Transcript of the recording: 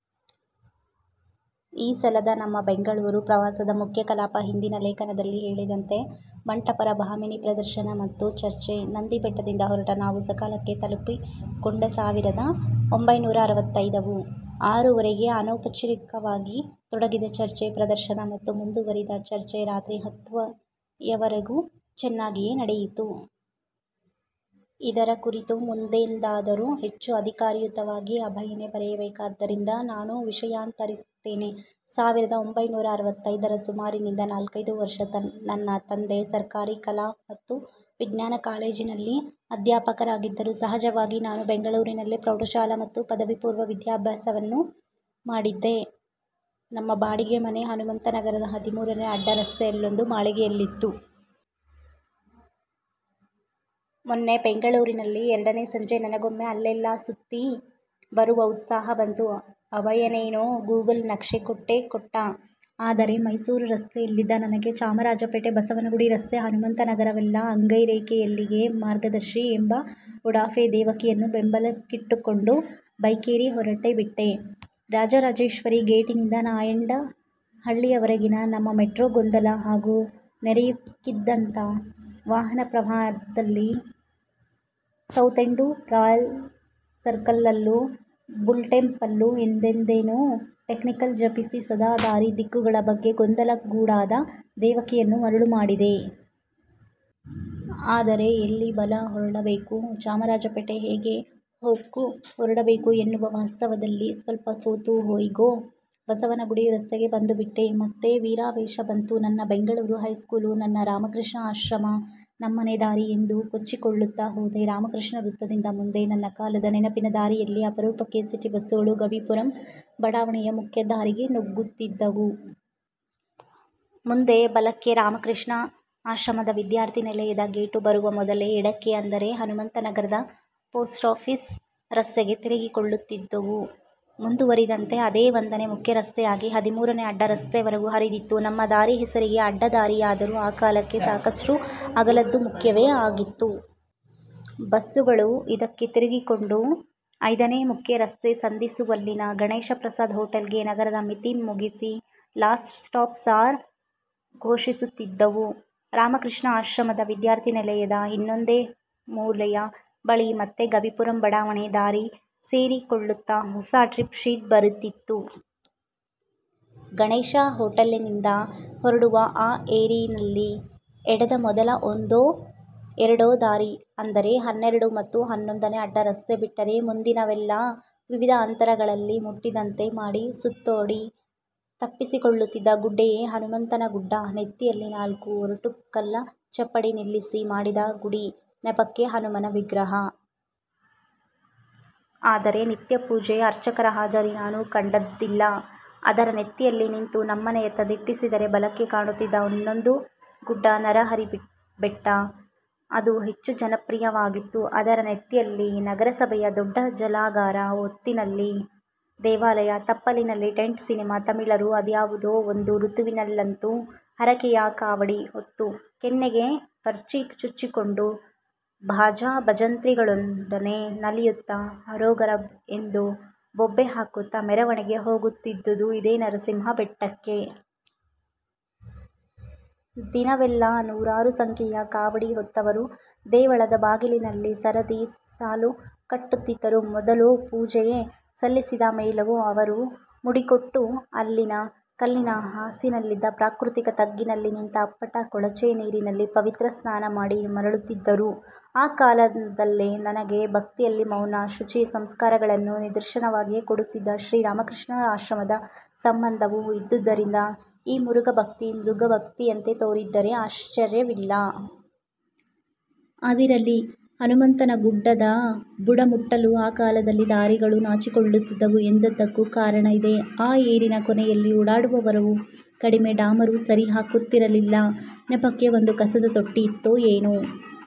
ಈ ಸಲದ ನಮ್ಮ ಬೆಂಗಳೂರು ಪ್ರವಾಸದ ಮುಖ್ಯ ಕಲಾಪ ಹಿಂದಿನ ಲೇಖನದಲ್ಲಿ ಹೇಳಿದಂತೆ ಮಂಟಪರ 'ಭಾಮಿನಿ' ಪ್ರದರ್ಶನ ಮತ್ತು ಚರ್ಚೆ. ನಂದಿ ಬೆಟ್ಟದಿಂದ ಹೊರಟ ನಾವು ಸಕಾಲಕ್ಕೆ ತಲಪಿಕೊಂಡೆಸಾವಿರದ ಒಂಭೈನೂರ ಅರವತ್ತೈದವು. ಆರೂವರೆಗೇ ಅನೌಪಚಾರಿಕವಾಗಿ ತೊಡಗಿದ ಚರ್ಚೆ, ಪ್ರದರ್ಶನ ಮತ್ತು ಮುಂದುವರಿದ ಚರ್ಚೆ ರಾತ್ರಿ ಹತ್ತೂವರೆಯವರೆಗೂ ಚೆನ್ನಾಗಿಯೇ ನಡೆಯಿತು. ಇದರ ಕುರಿತು ಮುಂದೆಂದಾದರೂ ಹೆಚ್ಚು ಅಧಿಕಾರಯುತವಾಗಿ ಅಭಯನೇ ಬರೆಯಬೇಕಾದ್ದರಿಂದ ನಾನು ವಿಷಯಾಂತರಿಸುತ್ತೇನೆ. ಸಾವಿರದ ಒಂಭೈನೂರ ಅರವತ್ತೈದರ ಸುಮಾರಿನಿಂದ ನಾಲ್ಕೈದು ವರ್ಷ ನನ್ನ ತಂದೆ ಸರಕಾರೀ ಕಲಾ ಮತ್ತು ವಿಜ್ಞಾನ ಕಾಲೇಜಿನಲ್ಲಿ ಅಧ್ಯಾಪಕರಾಗಿದ್ದರು. ಸಹಜವಾಗಿ ನಾನು ಬೆಂಗಳೂರಿನಲ್ಲೇ ಪ್ರೌಢಶಾಲಾ ಮತ್ತು ಪದವಿಪೂರ್ವ ವಿದ್ಯಾಭ್ಯಾಸವನ್ನು ಮಾಡಿದ್ದೆ. ನಮ್ಮ ಬಾಡಿಗೆ ಮನೆ ಹನುಮಂತನಗರದ ಹದಿಮೂರನೇ ಅಡ್ಡ ರಸ್ತೆಯಲ್ಲೊಂದು ಮಾಳಿಗೆಯಲ್ಲಿತ್ತು. ಮೊನ್ನೆ ಬೆಂಗಳೂರಲ್ಲಿದ್ದ ಎರಡನೇ ಸಂಜೆ ನನಗೊಮ್ಮೆ ಅಲ್ಲೆಲ್ಲಾ ಸುತ್ತಿ ಬರುವ ಉತ್ಸಾಹ ಬಂತು. ಅಭಯನೇನೋ ಗೂಗಲ್ ನಕ್ಷೆ ಕೊಟ್ಟೇ ಕೊಟ್ಟ. ಆದರೆ ಮೈಸೂರು ರಸ್ತೆಯಲ್ಲಿದ್ದ ನನಗೆ, ಚಾಮರಾಜಪೇಟೆ, ಬಸವನಗುಡಿರಸ್ತೆ, ಹನುಮಂತನಗರವೆಲ್ಲ "ಅಂಗೈ ರೇಖೆ, ಎಲ್ಲಿಗೆ ಮಾರ್ಗದರ್ಶಿ" ಎಂಬ ಉಡಾಫೆ. ದೇವಕಿಯನ್ನು ಬೆಂಬಲಕ್ಕಿಟ್ಟುಕೊಂಡು ಬೈಕೇರಿ ಹೊರಟೇಬಿಟ್ಟೆ. ರಾಜರಾಜೇಶ್ವರಿ ಗೇಟಿನಿಂದ ನಾಯಂಡ ಹಳ್ಳಿವರೆಗಿನ 'ನಮ್ಮ ಮೆಟ್ರೋ' ಗೊಂದಲ ಹಾಗೂ ನೆರೆಯುಕ್ಕಿದಂಥ ವಾಹನಪ್ರವಾಹದಲ್ಲಿ 'ಸೌತೆಂಡೂ, ರಾಯನ್ಸರ್ಕಲ್ಲೂ, ಬುಲ್ಟೆಂಪಲ್ಲೂ' ಎಂದೇನೇನೋ 'ಟೆಕ್ನಿಕಲ್' ಜಪಿಸಿ, ಸದಾ ದಾರಿ, ದಿಕ್ಕುಗಳ ಬಗ್ಗೆ ಗೊಂದಲಗೂಡಾದ ದೇವಕಿಯನ್ನು ಮರುಳು ಮಾಡಿದೆ. ಆದರೆ ಎಲ್ಲಿ ಬಲ ಹೊರಳಬೇಕು, ಚಾಮರಾಜಪೇಟೆ ಹೇಗೆ ಹೊಕ್ಕುಹೊರಡಬೇಕು ಎನ್ನುವ ವಾಸ್ತವದಲ್ಲಿ ಸ್ವಲ್ಪ ಸೋತು, ಹೇಗೋ ಬಸವನಗುಡಿ ರಸ್ತೆಗೆ ಬಂದುಬಿದ್ದೆ. ಮತ್ತೆ ವೀರಾವೇಶ ಬಂತು. 'ನನ್ನ ಬೆಂಗಳೂರು ಹೈಸ್ಕೂಲು, ನನ್ನ ರಾಮಕೃಷ್ಣ ಆಶ್ರಮ, ನಮ್ಮನೆ ದಾರಿ' ಎಂದು ಕೊಚ್ಚಿಕೊಳ್ಳುತ್ತ ಹೋದೆ. ರಾಮಕೃಷ್ಣ ವೃತ್ತದಿಂದ ಮುಂದೆ, ನನ್ನ ಕಾಲದ ನೆನಪಿನ ದಾರಿಯಲ್ಲಿ, ಅಪರೂಪಕ್ಕೆ ಸಿಟಿ ಬಸ್ಸುಗಳು, ಗವೀಪುರಂ ಬಡಾವಣೆಯ ಮುಖ್ಯ ದಾರಿಗೆ ನುಗ್ಗುತ್ತಿದ್ದವು. ಮುಂದೆ ಬಲಕ್ಕೆ ರಾಮ ಕೃಷ್ಣ ಆಶ್ರಮದ ವಿದ್ಯಾರ್ಥಿ ನಿಲಯದ ಗೇಟು ಬರುವ ಮೊದಲೇ ಎಡಕ್ಕೆ ಅಂದರೆ ಹನುಮಂತನಗರದ ಪೊಸ್ಟಾಫೀಸ್ ರಸ್ತೆಗೆ ತಿರುಗಿಕೊಳ್ಳುತ್ತಿದ್ದುವು. ಮುಂದುವರಿದಂತೆ ಅದೇ ಒಂದನೇ ಮುಖ್ಯ ರಸ್ತೆಯಾಗಿ, ಹದಿಮೂರನೇ ಅಡ್ಡ ರಸ್ತೆವರೆಗೂ ಹರಿದಿತ್ತು. ನಮ್ಮ ದಾರಿ ಹೆಸರಿಗೆ ಅಡ್ಡದಾರಿಯಾದರೂ ಆ ಕಾಲಕ್ಕೆ ಸಾಕಷ್ಟು ಅಗಲದ್ದೂ ಮುಖ್ಯವೂ ಆಗಿತ್ತು. ಬಸ್ಸುಗಳು ಇದಕ್ಕೆ ತಿರುಗಿಕೊಂಡು, ಐದನೇ ಮುಖ್ಯ ರಸ್ತೆ ಸಂಧಿಸುವಲ್ಲಿನ ಗಣೇಶ ಪ್ರಸಾದ್ ಹೋಟೆಲ್ಗೆ ನಗರದ ಮಿತಿ ಮುಗಿಸಿ, 'ಲಾಸ್ಟ್ ಸ್ಟಾಪ್ ಸಾರ್' ಘೋಷಿಸುತ್ತಿದ್ದುವು. ರಾಮ ಕೃಷ್ಣ ಆಶ್ರಮದ ವಿದ್ಯಾರ್ಥಿ ನಿಲಯದ ಇನ್ನೊಂದೇ ಮೂಲೆಯ ಬಳಿ ಮತ್ತೆ ಗವೀಪುರಂ ಬಡಾವಣೇ ದಾರಿ ಸೇರಿಕೊಳ್ಳುತ್ತಾ ಹೊಸ 'ಟ್ರಿಪ್ ಶೀಟ್' ಬರೀತಿತ್ತು. ಗಣೇಶ ಹೋಟೆಲಿನಿಂದ ಹೊರಡುವ ಆ ಏರಿನಲ್ಲಿ ಎಡದ ಮೊದಲ ಒಂದೋ ಎರಡೋ ದಾರಿ, ಅಂದರೆ ಹನ್ನೆರಡು ಮತ್ತು ಹನ್ನೊಂದನೇ ಅಡ್ಡ ರಸ್ತೆ ಬಿಟ್ಟರೆ ಮುಂದಿನವೆಲ್ಲ ವಿವಿಧ ಅಂತರಗಳಲ್ಲಿ ಮುಟ್ಟಿದಂತೆ ಮಾಡಿ, ಸುತ್ತೋಡಿ ತಪ್ಪಿಸಿಕೊಳ್ಳುತ್ತಿದ್ದ ಗುಡ್ಡೆಯೇ ಹನುಮಂತನಗುಡ್ಡ ನೆತ್ತಿಯಲ್ಲಿ ನಾಲ್ಕು ಒರಟು ಕಲ್ಲ ಚಪ್ಪಡಿ ನಿಲ್ಲಿಸಿ ಮಾಡಿದ ಗುಡಿ, ನೆಪಕ್ಕೆ ಹನುಮನ ವಿಗ್ರಹ. ಆದರೆ ನಿತ್ಯ ಪೂಜೆ, ಅರ್ಚಕರ ಹಾಜರಿ ನಾನು ಕಂಡದ್ದಿಲ್ಲ. ಅದರ ನೆತ್ತಿಯಲ್ಲಿ ನಿಂತು ನಮ್ಮನೆಯತ್ತ ದಿಟ್ಟಿಸಿದರೆ ಬಲಕ್ಕೆ ಕಾಣುತ್ತಿದ್ದ ಇನ್ನೊಂದು ಗುಡ್ಡ ನರಹರಿಬೆಟ್ಟ. ಅದು ಹೆಚ್ಚು 'ಜನಪ್ರಿಯ'ವಾಗಿತ್ತು. ಅದರ ನೆತ್ತಿಯಲ್ಲಿ ನಗರಸಭೆಯ ದೊಡ್ಡ ಜಲಾಗಾರ, ಒತ್ತಿನಲ್ಲಿ ದೇವಾಲಯ, ತಪ್ಪಲಿನಲ್ಲಿ ಟೆಂಟ್ ಸಿನಿಮಾ. ತಮಿಳರು ಅದ್ಯಾವುದೋ ಒಂದು ಋತುವಿನಲ್ಲಂತೂ ಹರಕೆಯ ಕಾವಡಿ ಹೊತ್ತು, ಕೆನ್ನೆಗೆ ಭರ್ಚಿ ಚುಚ್ಚಿಕೊಂಡು, ಭಾಜಾ ಭಜಂತ್ರಿಗಳೊಡನೆ ನಲಿಯುತ್ತ, 'ಹರೋಗರ' ಎಂದು ಬೊಬ್ಬೆ ಹಾಕುತ್ತ ಮೆರವಣಿಗೆ ಹೋಗುತ್ತಿದ್ದುದು ಇದೇ ನರಸಿಂಹ ಬೆಟ್ಟಕ್ಕೆ. ದಿನವೆಲ್ಲಾ ನೂರಾರು ಸಂಖ್ಯೆಯ ಕಾವಡಿ ಹೊತ್ತವರು, ದೇವಳದ ಬಾಗಿಲಿನಲ್ಲಿ ಸರದಿ ಸಾಲು ಕಟ್ಟುತ್ತಿದ್ದರು. ಮೊದಲೋ ಪೂಜೆ ಸಲ್ಲಿಸಿದ ಮೇಲೋ ಅವರು ಮುಡಿ ಕೊಟ್ಟು, ಅಲ್ಲಿನ ಕಲ್ಲಿನ ಹಾಸಿನಲ್ಲಿದ್ದ ಪ್ರಾಕೃತಿಕ ತಗ್ಗಿನಲ್ಲಿ ನಿಂತ ಅಪ್ಪಟ ಕೊಳಚೆ ನೀರಿನಲ್ಲಿ 'ಪವಿತ್ರ ಸ್ನಾನ' ಮಾಡಿ ಮರಳುತ್ತಿದ್ದರು. ಆ ಕಾಲದಲ್ಲೇ ನನಗೆ ಭಕ್ತಿಯಲ್ಲಿ ಮೌನ, ಶುಚಿ, ಸಂಸ್ಕಾರಗಳನ್ನು ನಿದರ್ಶನವಾಗಿಯೇ ಕೊಡುತ್ತಿದ್ದ ಶ್ರೀ ರಾಮಕೃಷ್ಣ ಆಶ್ರಮದ ಸಂಬಂಧವೂ ಇದ್ದುದರಿಂದ ಈ ಮುರುಗ ಭಕ್ತಿ, ಮೃಗಭಕ್ತಿಯಂತೇ ತೋರಿದ್ದರೆ ಆಶ್ಚರ್ಯವಿಲ್ಲ. ಅದಿರಲಿ, ಹನುಮಂತನ ಗುಡ್ಡದ ಬುಡ ಮುಟ್ಟಲು ಆ ಕಾಲದಲ್ಲಿ ದಾರಿಗಳು ನಾಚಿಕೊಳ್ಳುತ್ತಿದ್ದುವು ಎಂದದ್ದಕ್ಕೂ ಕಾರಣ ಇದೆ. ಆ ಏರಿನ ಕೊನೆಯಲ್ಲಿ ಓಡಾಡುವವರೂ ಕಡಿಮೆ, ಡಾಮರೂ ಸರಿ ಹಾಕುತ್ತಿರಲಿಲ್ಲ. ನೆಪಕ್ಕೆ ಒಂದು ಕಸದ ತೊಟ್ಟಿಯಿತ್ತೋ ಏನೋ.